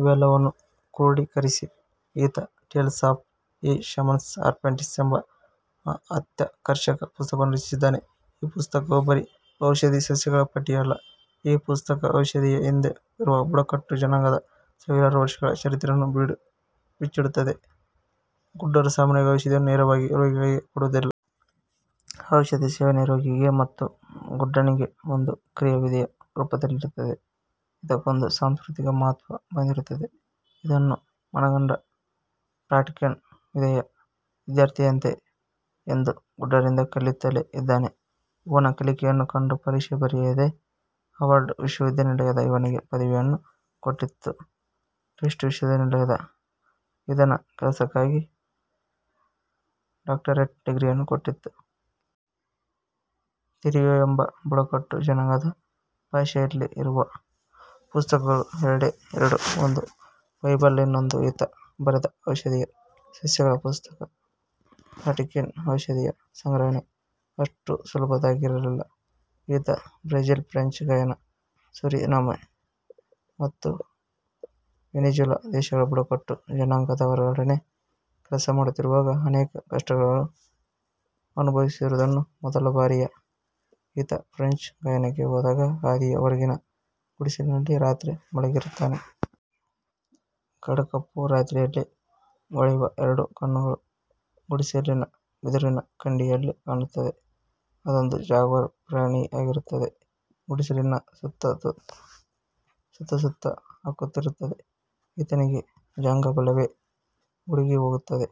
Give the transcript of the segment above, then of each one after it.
ಇವೆಲ್ಲವನ್ನೂ ಕ್ರೂಢೀಕರಿಸಿ ಈತ Tales of a Shaman's Apprentice ಎಂಬ ಅತ್ಯಾಕರ್ಷಕ ಪುಸ್ತಕವನ್ನು ರಚಿಸಿದ್ದಾನೆ. ಈ ಪುಸ್ತಕ ಬರೀ ಔಷಧಿ ಸಸ್ಯಗಳ ಪಟ್ಟಿಯಲ್ಲ. ಈ ಪುಸ್ತಕ ಔಷಧೀಯ ಹಿಂದೆ ಇರುವ ಬುಡಕಟ್ಟು ಜನಾಂಗದ ಸಾವಿರಾರು ವರ್ಷಗಳ ಚರಿತ್ರೆಯನ್ನು ಬಿಚ್ಚಿಡುತ್ತದೆ. ಗುಡ್ಡರು ಸಾಮಾನ್ಯವಾಗಿ ಔಷಧಿಯನ್ನು ನೇರವಾಗಿ ರೋಗಿಗಳಿಗೆ ಕೊಡುವುದಿಲ್ಲ. ಔಷಧಿ ಸೇವನೆ ರೋಗಿಗೆ ಮತ್ತು ಗುಡ್ಡನಿಗೆ ಒಂದು ಕ್ರಿಯಾವಿಧಿಯ ರೂಪದಲ್ಲಿರುತ್ತದೆ. ಇದಕ್ಕೊಂದು ಸಾಂಸ್ಕೃತಿಕ ಮಹತ್ವ ಒಂದಿರುತ್ತದೆ. ಇದನ್ನು ಮನಗಂಡ ಪ್ಲಾಟ್ಕಿನ್ ವಿಧೇಯ ವಿದ್ಯಾರ್ಥಿಯಂತೆ ಇಂದೂ ಗುಡ್ಡರಿಂದ ಕಲಿಯುತ್ತಲೇ ಇದ್ದಾನೆ. ಇವನ ಕಲಿಕೆಯನ್ನು ಕಂಡು ಪರೀಕ್ಷೆ ಬರೆಯದೆ ಹಾರ್ವರ್ಡ್ ವಿಶ್ವವಿದ್ಯಾನಿಲಯವು ಇವನಿಗೆ ಪದವಿಯನ್ನು ಕೊಟ್ಟಿತು. ಟಿಫ್ಟ್ ವಿಶ್ವವಿದ್ಯಾನಿಲಯ ಈತನ ಕೆಲಸಕ್ಕಾಗಿ ಡಾಕ್ಟರೇಟ್ ಡಿಗ್ರಿಯನ್ನು ಕೊಟ್ಟಿತು. ತಿರಿಯೋ ಎಂಬ ಬುಡಕಟ್ಟು ಜನಾಂಗದ ಭಾಷೆಯಲ್ಲಿ ಇರುವ ಪುಸ್ತಕಗಳು ಎರಡೇ ಎರಡು. ಒಂದು ಬೈಬಲ್, ಇನ್ನೊಂದು ಈತ ಬರೆದ ಔಷಧೀಯ ಸಸ್ಯಗಳ ಪುಸ್ತಕ. ಪ್ಲಾಟ್ಕಿನ್ ಔಷಧೀಯ ಸಂಗ್ರಹಣೆ ಅಷ್ಟು ಸುಲಭದ್ದಾಗಿರಲಿಲ್ಲ ಈತ ಬ್ರೆಜಿಲ್, ಫ್ರೆಂಚ್ ಗಯಾನ, ಸುರಿನಾಮೆ ಮತ್ತು ವೆನಿಜುಲಾ ದೇಶಗಳ ಬುಡಕಟ್ಟು ಜನಾಂಗದವರೊಡನೆ ಕೆಲಸ ಮಾಡುತ್ತಿದ್ದಾಗ ಅನೇಕ ಕಷ್ಟಗಳನ್ನು ಅನುಭವಿಸಿದನು ಮೊದಲ ಬಾರಿಗೆ ಈತ ಫ್ರಂಚ್ ಗಯಾನಕ್ಕೆ ಹೋದಾಗ ಹಾದಿಯ ಹೊರಗಿನ ಗುಡಿಸಿನಲ್ಲಿ ರಾತ್ರಿ ಮಲಗಿರುತ್ತಾನೆ. ಕಡುಕಪ್ಪು ರಾತ್ರಿಯಲ್ಲಿ ಹೊಳೆವ ಎರಡು ಕಣ್ಣುಗಳು ಗುಡಿಸಿಲಿನ ಬಿದುರಿನ ಕಂಡಿಯಲ್ಲಿ ಕಾಣುತ್ತವೆ. ಅದೊಂದು ಜಾಗ್ವಾರ್ ಪ್ರಾಣಿಯಾಗಿರುತ್ತದೆ. ಗುಡಿಸಿಲಿನ ಸುತ್ತಾ ಸುತ್ತು ಹಾಕುತ್ತಿರುತ್ತದೆ. ಈತನಿಗೆ ಜಂಘಾಬಲವೇ ಉಡುಗಿಹೋಗುತ್ತದೆ.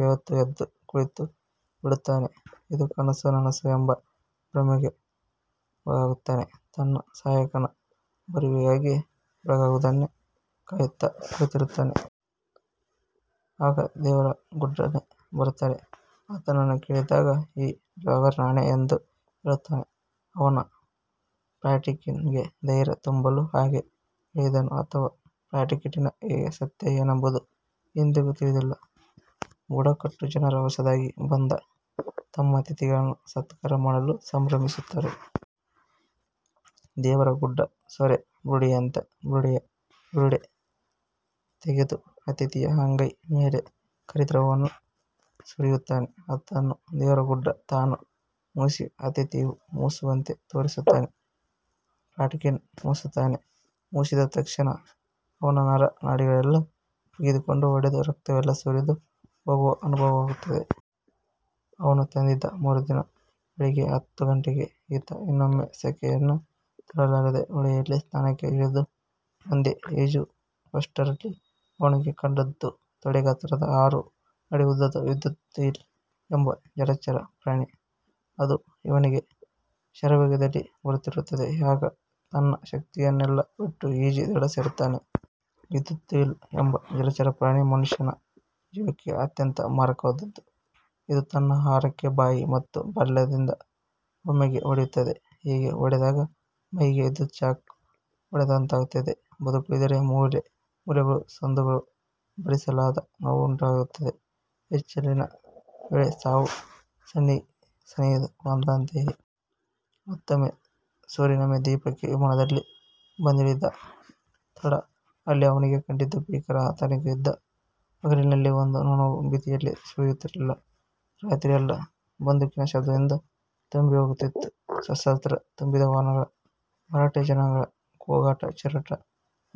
ಬೆವೆತು ಎದ್ದು ಕುಳಿತು ಬಿಡುತ್ತಾನೆ. ಇದು ಕನಸೋ, ನನಸೋ ಎಂಬ ಭ್ರಮೆಗೆ ಒಳಗಾಗುತ್ತಾನೆ. ತನ್ನ ಸಹಾಯಕನ ಬರುವಿಗಾಗಿ ಬೆಳಗಾಗುವುದನ್ನೇ ಕಾಯುತ್ತಾ ಕುಳಿತಿರುತ್ತಾನೆ. ಆಗ ದೇವರ ಗುಡ್ಡನೆ ಬರುತ್ತಾನೆ. ಆತನನ್ನು ಕೇಳಿದಾಗ ಈ ಜಾಗ್ವಾರ್ ನಾನೇ ಎಂದು ಹೇಳುತ್ತಾನೆ. ಅವನು ಪ್ಲಾಟಿಕಿನ್ ಗೆ ಧೈರ್ಯ ತುಂಬಲು ಹಾಗೆ ಹೇಳಿದನೋ, ಅಥವಾ.. ಪ್ಲಾಟಿಕಿನ್ ಗೆ ಸತ್ಯ ಏನಂಬುದು ಇಂದಿಗೂ ತಿಳಿದಿಲ್ಲ. ಬುಡಕಟ್ಟು ಜನರು ಹೊಸದಾಗಿ ಬಂದ ತಮ್ಮ ಅತಿಥಿಗಳನ್ನು ಸತ್ಕಾರ ಮಾಡಲು ಸಂಭ್ರಮಿಸುತ್ತಾರೆ. ದೇವರ ಗುಡ್ಡ ಸೊರೆ ಬುರುಡೆಯಂಥ ಬುರುಡೆಯ ಬಿರುಡೆ ತೆಗೆದು ಅತಿಥಿಯ ಅಂಗೈ ಮೇಲೆ ಕರಿ ದ್ರವವನ್ನು ಸುರಿಯುತ್ತಾನೆ. ಅದನ್ನು ದೇವರಗುಡ್ಡ ತಾನು ಮೂಸಿ ಅತಿಥಿಯೂ ಮೂಸುವಂತೆ ತೋರಿಸುತ್ತಾನೆ. ಪ್ಲಾಟ್ಕಿನ್ ಮೂಸುತ್ತಾನೆ. ಮೂಸಿದ ತಕ್ಷಣ ಅವನ ನರ ನಾಡಿಗಳೆಲ್ಲ ಬಿಗಿದುಕೊಂಡು, ಒಡೆದು ರಕ್ತವೆಲ್ಲಾ ಸುರಿದು ಹೋಗುವ ಅನುಭವವಾಗುತ್ತದೆ. ಅವನು ಎದ್ದಿದ್ದು ಮರುದಿನ ಬೆಳಗ್ಗೆ ಹತ್ತು ಗಂಟೆಗೆ. ಈತ ಇನ್ನೊಮ್ಮೆ ಸೆಖೆಯನ್ನು ತಾಳಲಾರದೆ ಹೊಳೆಯಲ್ಲಿ ಸ್ನಾನಕ್ಕೆ ಇಳಿದು ಮುಂದೆ ಈಜುವಷ್ಟರಲ್ಲಿ ಅವನಿಗೆ ಕಂಡದ್ದು ತೊಡೆ ಗಾತ್ರದ ಆರು ಅಡಿ ಉದ್ದದ 'ವಿದ್ಯುತ್ ಈಲ್ ' ಎಂಬ ಜಲಚರ ಪ್ರ್ರಾಣಿ. ಅದು ಇವನೆಡೆಗೆ ಶರವೇಗದಲ್ಲಿ ಬರುತ್ತಿರುತ್ತದೆ. ಆಗ ತನ್ನ ಶಕ್ತಿಯನ್ನೆಲ್ಲಾ ಬಿಟ್ಟು ಈಜಿ ದಡ ಸೇರುತ್ತಾನೆ. ವಿದ್ಯುತ್ ಈಲ್ ಎಂಬ ಜಲಚರ ಪ್ರಾಣಿ ಮನುಷ್ಯ ಜೀವಕ್ಕೆ ಅತ್ಯಂತ ಮಾರಕವಾದುದ್ದು. ಇದು ತನ್ನ ಆಹಾರಕ್ಕೆ ಬಾಯಿ ಮತ್ತು ಬಾಲದಿಂದ ಒಮ್ಮೆಗೆ ಹೊಡೆಯುತ್ತದೆ. ಹೀಗೆ ಹೊಡೆದಾಗ ಮೈಗೆ ವಿದ್ಯುತ್ ಶಾಕ್ ಹೊಡೆದಂತಾಗುತ್ತದೆ. ಬದುಕುಳಿದರೆ ಮೂಳೆ ಮೂಳೆಗಳ ಸಂದುಗಳಲ್ಲೂ ಭರಿಸಲಾಗದ ನೋವುಂಟಾಗುತ್ತದೆ. ಹೆಚ್ಚಿಲಿನ ವೇಳೆ ಸಾವು ಸನ್ನಿಹಿತವಾದಂತಯೇ. ಮತ್ತೊಮ್ಮೆ ಸುರಿನಾಮೆ ದ್ವೀಪಕ್ಕೆ ವಿಮಾನದಲ್ಲಿ ಬಂದಿಳಿದಿದ್ದೆ ತಡ ಅಲ್ಲಿ ಅವನಿಗೆ ಕಂಡಿದ್ದು ಭೀಕರ ಆಂತರಿಕ ಯುದ್ಧ. ಹಗಲಿನಲ್ಲಿ ಒಂದು ನೊಣವೂ ಬೀದಿಯಲ್ಲಿ ಸುಳಿಯುತ್ತಿರಲಿಲ್ಲ. ರಾತ್ರಿಯೆಲ್ಲಾ ಬಂದೂಕಿನ ಶಬ್ದದಿಂದ ತುಂಬಿ ಹೋಗುತ್ತಿತ್ತು. ಶಸ್ತ್ರಾತ್ರ ತುಂಬಿದ ವಾಹನಗಳ ಭರಾಟೆ, ಜನಗಳ ಕೂಗಾಟ, ಚೀರಾಟ,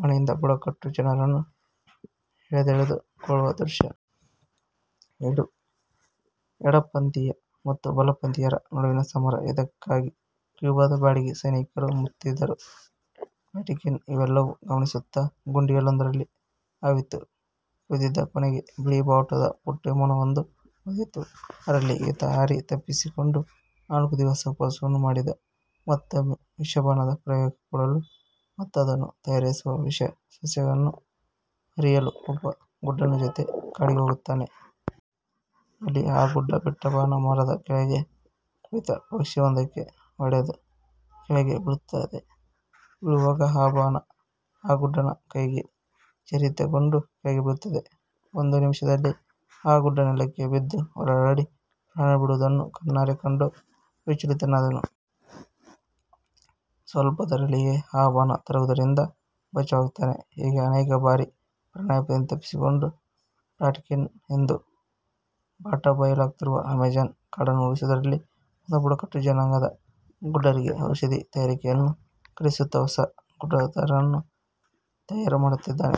ಮನೆಯಿಂದ ಬುಡಕಟ್ಟು ಜನರನ್ನು ಎಳೆದೆಳೆದು ಕೊಳ್ಳುವ ದೃಶ್ಯ. ಇದು ಎಡಪಂಥೀಯ ಮತ್ತು ಬಲಪಂಥೀಯರ ನಡುವಿನ ಸಮರ. ಇದಕ್ಕಾಗಿ ಕ್ಯೂಬಾದ ಬಾಡಿಗೆ ಸೈನಿಕರು ಮುತ್ತಿದ್ದರು. ಪ್ಲಾಟಿಕಿನ್ ಇವೆಲ್ಲವನ್ನೂ ಗಮನಿಸುತ್ತಾ ಗುಡಿಸಿಲೊಂದರಲ್ಲಿ ಅವಿತು ಕುಳಿತಿದ್ದ. ಕೊನೆಗೆ ಬಿಳಿ ಬಾವುಟದ ಪುಟ್ಟ ವಿಮಾನವೊಂದು ಬಂದಿತು. ಅದರಲ್ಲಿ ಈತ ಹಾರಿ ತಪ್ಪಿಸಿಕೊಂಡ. ನಾಲ್ಕು ದಿವಸ ಉಪವಾಸವನ್ನು ಮಾಡಿದ್ದ. ಮತ್ತೊಮ್ಮೆ ವಿಷಬಾಣದ ಪ್ರಯೋಗ ನೋಡಲು ಮತ್ತು ಅದನ್ನು ತಯಾರಿಸುವ ವಿಷ ಸಸ್ಯಗಳನ್ನು ಅರಿಯಲು ಒಬ್ಬ ಗುಡ್ಡನ ಜೊತೆ ಕಾಡಿಗೆ ಹೋಗುತ್ತಾನೆ. ಅಲ್ಲಿ ಆ ಗುಡ್ಡ ಬಿಟ್ಟ ಬಾಣ ಮರದ ಮೇಲೆ ಕುಳಿತ ಪಕ್ಷಿಯೊಂದಕ್ಕೆ ಹೊಡೆದು ಕೆಳಗೆ ಬೀಳುತ್ತದೆ. ಬೀಳುವಾಗ ಆ ಬಾಣ ಆ ಗುಡ್ಡನ ಕೈಗೆ ತರಚಿಕೊಂಡು ಕೆಳಗೆ ಬೀಳುತ್ತದೆ. ಒಂದು ನಿಮಿಷದಲ್ಲಿ ಆ ಗುಡ್ಡ ನೆಲಕ್ಕೆ ಬಿದ್ದು ಹೊರಳಾಡಿ ಪ್ರಾಣ ಬಿಡುವುದನ್ನು ಕಣ್ಣಾರೆ ಕಂಡು ವಿಚಲಿತನಾದನು. ಸ್ವಲ್ಪದರಲ್ಲಿಯೇ ಆ ಬಾಣ ತಗಲುವುದರಿಂದ ಬಚಾವಾಗುತ್ತಾನೆ. ಹೀಗೆ ಅನೇಕ ಬಾರಿ ಪ್ರಾಣಾಪಾಯದಿಂದ ತಪ್ಪಿಸಿಕೊಂಡ ಪ್ಲಾಟ್ಕಿನ್ ಇಂದೂ ಬಟಾಬಯಲಾಗುತ್ತಿರುವ ಅಮೆಜಾನ್ ಕಾಡನ್ನುಉಳಿಸುವುದರಲ್ಲಿ ಮತ್ತು ಬುಡಕಟ್ಟು ಜನಾಂಗದ ಗುಡ್ದರಿಗೆ ಔಷಧಿ ತಯಾರಿಕೆಯನ್ನು ಕಲಿಸುತ್ತಾ ಹೊಸ ಗುಡ್ದರನ್ನು ತಯಾರು ಮಾಡುತ್ತಿದ್ದಾನೆ.